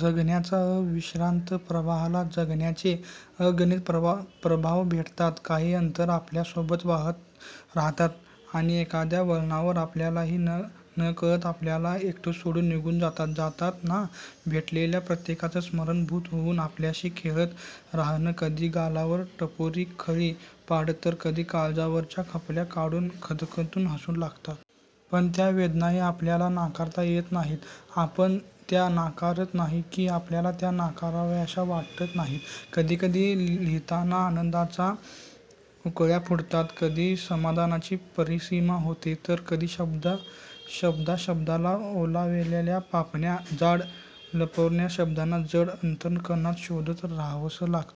जगण्याच्या अविश्रांत प्रवाहाला जगण्याचे अगणित प्रवाह भेटतात. काही अंतर आपल्यासोबत वाहत राहतात. आणि एखाद्या वळणावर आपल्याही नकळत आपल्याला एकटं सोडून निघून जातात. जातात ना? भेटलेल्या प्रत्येकाचं स्मरण भुत होऊन आपल्याशी खेळत राहतं. कधी गालावर टपोरी खळी पाडतं तर कधी काळजावरच्या खपल्या काढून खदखदून हसू लागतं. पण त्या वेदनाही आपल्याला नाकारता येत नाहीत. आपण त्या नाकारत नाही.की आपल्याला त्या नाकाराव्याश्या वाटतच नाहीत? कधी कधी लिहीताना आनंदाच्या उकळ्या फुटतात. कधी समाधानाची परिसीमा होते.तर कधी शब्दा शब्दाला ओलावलेल्या पापण्या आड लपणार्या शब्दांना जड अंतकरणानं शोधत रहावं लागतं.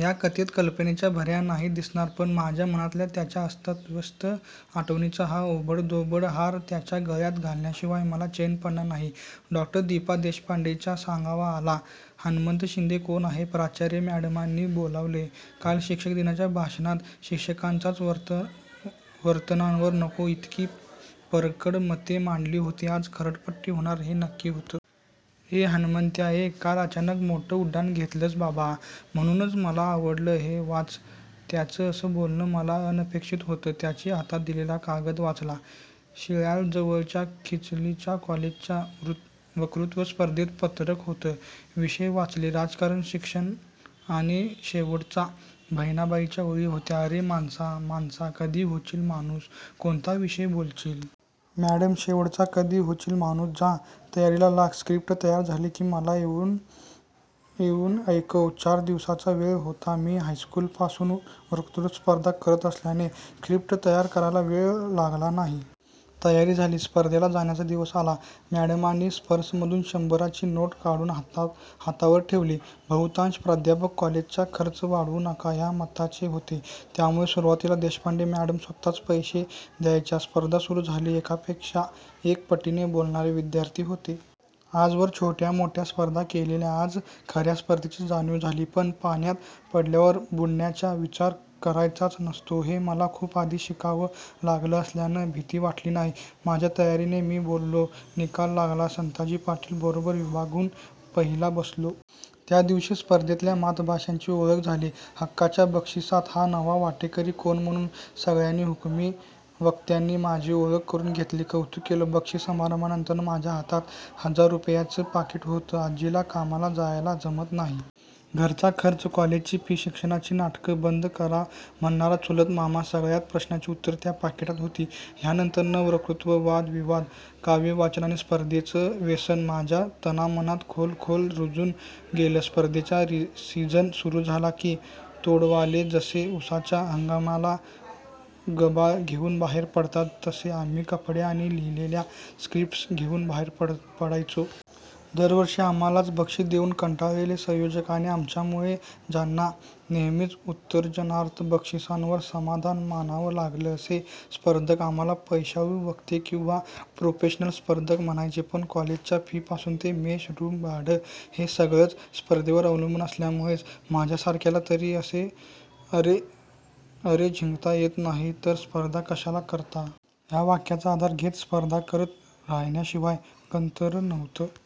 या कथेत कल्पनेच्या भरार्या नाहीत दिसणार पण माझ्या मनातल्या त्याच्या अस्ताव्यस्त आठवणींचा हा ओबडधोबड हार त्याच्या गळ्यात घातल्याशिवाय मला चैन पडणार नाही.डॉ. दिपा देशपांडेंचा सांगावा आला "हणमंत शिंदे कोण आहे? प्राचार्य म्याडमनी बोलावलय" काल शिक्षक दिनाच्या भाषणात शिक्षकांच्याच वर्तनावर नको इतकी परखड मते मांडली होती आज खरडपट्टी होणार हे नक्की होतं. "ये हणमंता ये, काल अचानक मोठं उड्डाण घेतलसं बाबा? " "म्हणूनच मला आवडलं, हे वाच" त्यांचं असं बोलणं मला अनपेक्षीत होतं. त्यानी हातात दिलेला कागद वाचला शिराळ्याजवळच्या चिखलीच्या कॉलेजच्या वक्तृत्व स्पर्धेचं पत्रक होतं. विषय वाचले, राजकारण, शिक्षण आणि शेवटचा बहिणाबाईंच्या ओळी होत्या, अरे माणसा माणसा कधी होशीलं माणूसं, "कोणता विषय बोलशील? "म्याडम शेवटचा कधी होशील माणूस " "जा तयारीला लाग स्क्रिप्ट तयार झाली की मला येऊन ऐकवं" चार दिवसांचा वेळ होता. मी हायस्कूलपासून वक्तृत्व स्पर्धा करत असल्याने स्क्रिप्ट तयार करायला वेळ लागला नाही. तयारी झाली, स्पर्धेला जाण्याचा दिवस आला. म्याडमनी पर्समधून शंभराची नोट काढून हातावर ठेवली. बहुतांश प्राध्यापक कॉलेजचा खर्च वाढवू नका या मताचे होते. त्यामुळे सुरूवातीला देशपांडे म्याडम स्वतःच पैसे द्यायच्या. स्पर्धा सुरू झाली. एकापेक्षा एक पट्टीचे बोलणारे विध्यार्थी होते. आजवर छोट्या मोठ्या स्पर्धा केलेल्या आज खर्या स्पर्धेची जाणीव झाली. पण, पाण्यात पडल्यावर बुडण्याचा विचार करायचाच नसतो हे मला खूप आधी शिकावं लागलं असल्यानं भिती वाटली नाही. माझ्या तयारीने मी बोललो. निकाल लागला संताजी पाटील बरोबर विभागून पहिला बसलो. त्यादिवशी स्पर्धेतल्या मातब्बरांशी ओळख झाली. हक्काच्या बक्षीसात हा नवा वाटेकरी कोण म्हणून सगळ्या हुकमी वक्त्यांनी माझी ओळख करून घेतली, कौतुक केलं. बक्षीस समारंभानंतर माझ्या हातात हजार रुपयांचं पाकिट होतं. आज्जीला कामाला जायला जमत नाही. घरचा खर्च? कॉलेजची फी? शिक्षणाची नाटकं बंद करा म्हणणारा चुलत मामा? सगळ्या प्रश्नांची ऊत्तरं त्या पाकिटात हो्ती. या नंतर वक्तृत्व, वाद विवाद, काव्यवाचन या स्पर्धांचं व्यसन माझ्या तना मनात खोल खोल रुजत गेलं, स्पर्धांचा सिझन सुरू झाला की तोडवाले जसे उसाच्या हंगामाला गबाळ घेऊन बाहेर पडतात तसे आम्ही कपडे आणि लिहीलेल्या स्क्रिप्ट्स घेऊन बाहेर पडायचो. दर वर्षी आम्हालाच बक्षीसं देऊन कंटाळलेले संयोजक आणि आमच्यामुळे ज्यांना नेहमी उत्तेजनार्थ बक्षीसावर समाधान मानावं लागलं असे स्पर्धक आम्हाला पैशाळू वक्ते किंवा प्रोफेशनल स्पर्धक म्हणायचे. पण कॉलेजच्या फी पासून ते मेस, रूम भाडं हे सगळच स्पर्धांवर अवलंबून असल्यामुळ माझ्यासारख्याला तरी 'अरे जिंकता येत नाही तर स्पर्धा कशाला करता? या वाक्याचा आधार घेत स्पर्धा करत राहण्याशिवाय गत्यंतर नव्हतं.